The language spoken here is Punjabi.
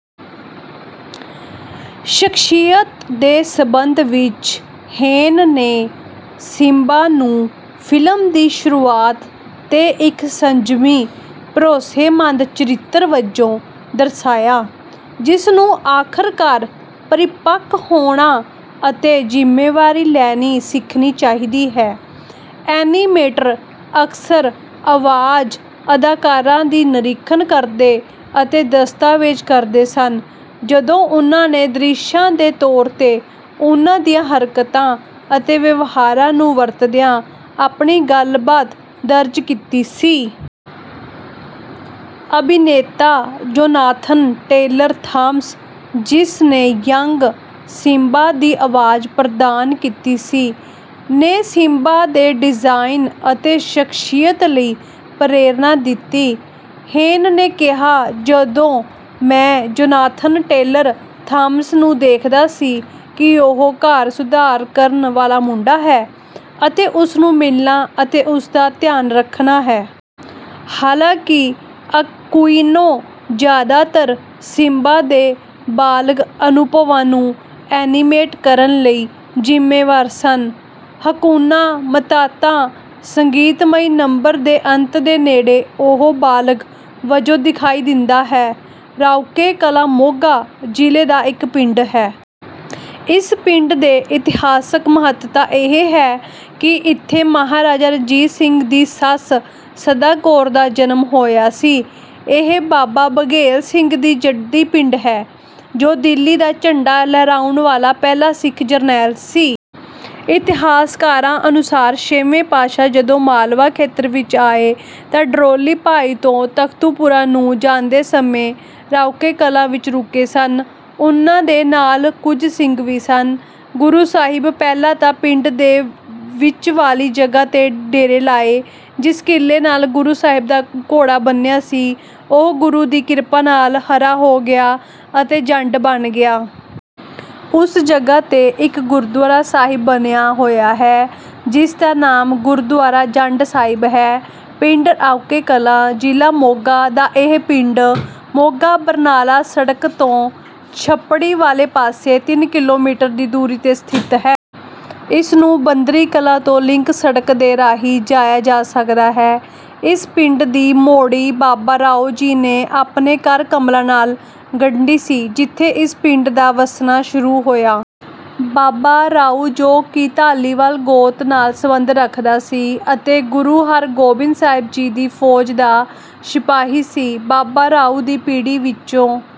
ਸ਼ਖਸੀਅਤ ਦੇ ਸੰਬੰਧ ਵਿੱਚ ਹੇਨ ਨੇ ਸਿਮਬਾ ਨੂੰ ਫਿਲਮ ਦੀ ਸ਼ੁਰੂਆਤ ਤੇ ਇੱਕ ਸੰਜਮੀ ਭਰੋਸੇਮੰਦ ਚਰਿੱਤਰ ਵਜੋਂ ਦਰਸਾਇਆ ਜਿਸ ਨੂੰ ਆਖਰਕਾਰ ਪਰਿਪੱਕ ਹੋਣਾ ਅਤੇ ਜ਼ਿੰਮੇਵਾਰੀ ਲੈਣੀ ਸਿੱਖਣੀ ਚਾਹੀਦੀ ਹੈ। ਐਨੀਮੇਟਰ ਅਕਸਰ ਆਵਾਜ਼ ਅਦਾਕਾਰਾਂ ਦੀ ਨਿਰੀਖਣ ਕਰਦੇ ਅਤੇ ਦਸਤਾਵੇਜ਼ ਕਰਦੇ ਸਨ ਜਦੋਂ ਉਨ੍ਹਾਂ ਨੇ ਦ੍ਰਿਸ਼ਾਂ ਦੇ ਤੌਰ ਤੇ ਉਨ੍ਹਾਂ ਦੀਆਂ ਹਰਕਤਾਂ ਅਤੇ ਵਿਵਹਾਰਾਂ ਨੂੰ ਵਰਤਦਿਆਂ ਆਪਣੀ ਗੱਲਬਾਤ ਦਰਜ ਕੀਤੀ ਸੀ। ਅਭਿਨੇਤਾ ਜੋਨਾਥਨ ਟੇਲਰ ਥਾਮਸ ਜਿਸ ਨੇ ਯੰਗ ਸਿਮਬਾ ਦੀ ਆਵਾਜ਼ ਪ੍ਰਦਾਨ ਕੀਤੀ ਸੀ ਨੇ ਸਿਮਬਾ ਦੇ ਡਿਜ਼ਾਇਨ ਅਤੇ ਸ਼ਖਸੀਅਤ ਲਈ ਪ੍ਰੇਰਨਾ ਦਿੱਤੀ। ਹੇਨ ਨੇ ਕਿਹਾ ਜਦੋਂ ਮੈਂ ਜੋਨਾਥਨ ਟੇਲਰ ਥਾਮਸ ਨੂੰ ਦੇਖਦਾ ਸੀ ਕਿ ਉਹ ਘਰ ਸੁਧਾਰ ਕਰਨ ਵਾਲਾ ਮੁੰਡਾ ਹੈ ਅਤੇ ਉਸ ਨੂੰ ਮਿਲਣਾ ਅਤੇ ਉਸ ਦਾ ਧਿਆਨ ਰੱਖਣਾ ਹੈ। ਹਾਲਾਂਕਿ ਅਕੁਇਨੋ ਜ਼ਿਆਦਾਤਰ ਸਿਮਬਾ ਦੇ ਬਾਲਗ ਅਨੁਭਵਾਂ ਨੂੰ ਐਨੀਮੇਟ ਕਰਨ ਲਈ ਜ਼ਿੰਮੇਵਾਰ ਸਨ ਹਕੁਨਾ ਮਤਾਤਾ ਸੰਗੀਤਮਈ ਨੰਬਰ ਦੇ ਅੰਤ ਦੇ ਨੇੜੇ ਉਹ ਬਾਲਗ ਵਜੋਂ ਦਿਖਾਈ ਦਿੰਦਾ ਹੈ। ਰਾਊਕੇ ਕਲਾਂ ਮੋਗਾ ਜ਼ਿਲ੍ਹੇ ਦਾ ਇੱਕ ਪਿੰਡ ਹੈ। ਇਸ ਪਿੰਡ ਦੀ ਇਤਿਹਾਸਕ ਮਹੱਤਤਾ ਇਹ ਹੈ ਕਿ ਇੱਥੇ ਮਹਾਰਾਜਾ ਰਣਜੀਤ ਸਿੰਘ ਦੀ ਸੱਸ ਸਦਾ ਕੌਰ ਦਾ ਜਨਮ ਹੋਇਆ ਸੀ। ਇਹ ਬਾਬਾ ਬਘੇਲ ਸਿੰਘ ਦਾ ਜੱਦੀ ਪਿੰਡ ਹੈ ਜੋ ਦਿੱਲੀ ਦਾ ਝੰਡਾ ਲਹਿਰਾਉਣ ਵਾਲਾ ਪਹਿਲਾ ਸਿੱਖ ਜਰਨੈਲ ਸੀ। ਇਤਿਹਾਸਕਾਰਾਂ ਅਨੁਸਾਰ ਛੇਵੇਂ ਪਾਤਸ਼ਾਹ ਜਦੋਂ ਮਾਲਵਾ ਖੇਤਰ ਵਿੱਚ ਆਏ ਤਾਂ ਡਰੋਲੀ ਭਾਈ ਤੋਂ ਤਖਤੂਪੁਰਾ ਨੂੰ ਜਾਂਦੇ ਸਮੇਂ ਰਾਊਕੇ ਕਲਾਂ ਵਿੱਚ ਰੁਕੇ ਸਨ। ਉਨ੍ਹਾਂ ਦੇ ਨਾਲ ਕੁਝ ਸਿੰਘ ਵੀ ਸਨ। ਗੁਰੂ ਸਾਹਿਬ ਪਹਿਲਾਂ ਤਾਂ ਪਿੰਡ ਦੇ ਵਿੱਚ ਵਾਲੀ ਜਗ੍ਹਾ ਤੇ ਡੇਰੇ ਲਾਏ ਜਿਸ ਕਿੱਲੇ ਨਾਲ ਗੁਰੂ ਸਾਹਿਬ ਦਾ ਘੋੜਾ ਬੰਨਿਆ ਸੀ ਉਹ ਗੁਰੂ ਦੀ ਕਿਰਪਾ ਨਾਲ ਹਰਾ ਹੋ ਗਿਆ ਅਤੇ ਜੰਡ ਬਣ ਗਿਆ। ਉਸ ਜਗ੍ਹਾ ਤੇ ਇੱਕ ਗੁਰਦੁਆਰਾ ਸਾਹਿਬ ਬਣਿਆ ਹੋਇਆ ਹੈ ਜਿਸ ਦਾ ਨਾਮ ਗੁਰਦੁਆਰਾ ਜੰਡ ਸਾਹਿਬ ਹੈ। ਪਿੰਡ ਰਾਊਕੇ ਕਲਾਂ ਜ਼ਿਲ੍ਹਾ ਮੋਗਾ ਦਾ ਇਹ ਪਿੰਡ ਮੋਗਾ ਬਰਨਾਲਾ ਸੜਕ ਤੋਂ ਛੱਪੜੀ ਵਾਲੇ ਪਾਸੇ ਤਿੰਨ ਕਿਲੋਮੀਟਰ ਦੀ ਦੂਰੀ ਤੇ ਸਥਿਤ ਹੈ। ਇਸ ਨੂੰ ਬੱਧਨੀ ਕਲਾਂ ਤੋਂ ਲਿੰਕ ਸੜਕ ਦੇ ਰਾਹੀਂ ਜਾਇਆ ਜਾ ਸਕਦਾ ਹੈ। ਇਸ ਪਿੰਡ ਦੀ ਮੋੜੀ ਬਾਬਾ ਰਾਊ ਜੀ ਨੇ ਆਪਣੇ ਕਰ ਕਮਲਾਂ ਨਾਲ ਗੱਡੀ ਸੀ ਜਿੱਥੋਂ ਇਸ ਪਿੰਡ ਦਾ ਵੱਸਣਾ ਸ਼ੁਰੂ ਹੋਇਆ। ਬਾਬਾ ਰਾਊ ਜੋ ਕਿ ਧਾਲੀਵਾਲ ਗੋਤ ਨਾਲ ਸਬੰਧ ਰੱਖਦਾ ਸੀ ਅਤੇ ਗੁਰੂ ਹਰਿਗੋਬਿੰਦ ਸਾਹਿਬ ਜੀ ਦੀ ਫੌਜ ਦਾ ਸਿਪਾਹੀ ਸੀ। ਬਾਬਾ ਰਾਊ ਦੀ ਪੀੜ੍ਹੀ ਵਿੱਚੋਂ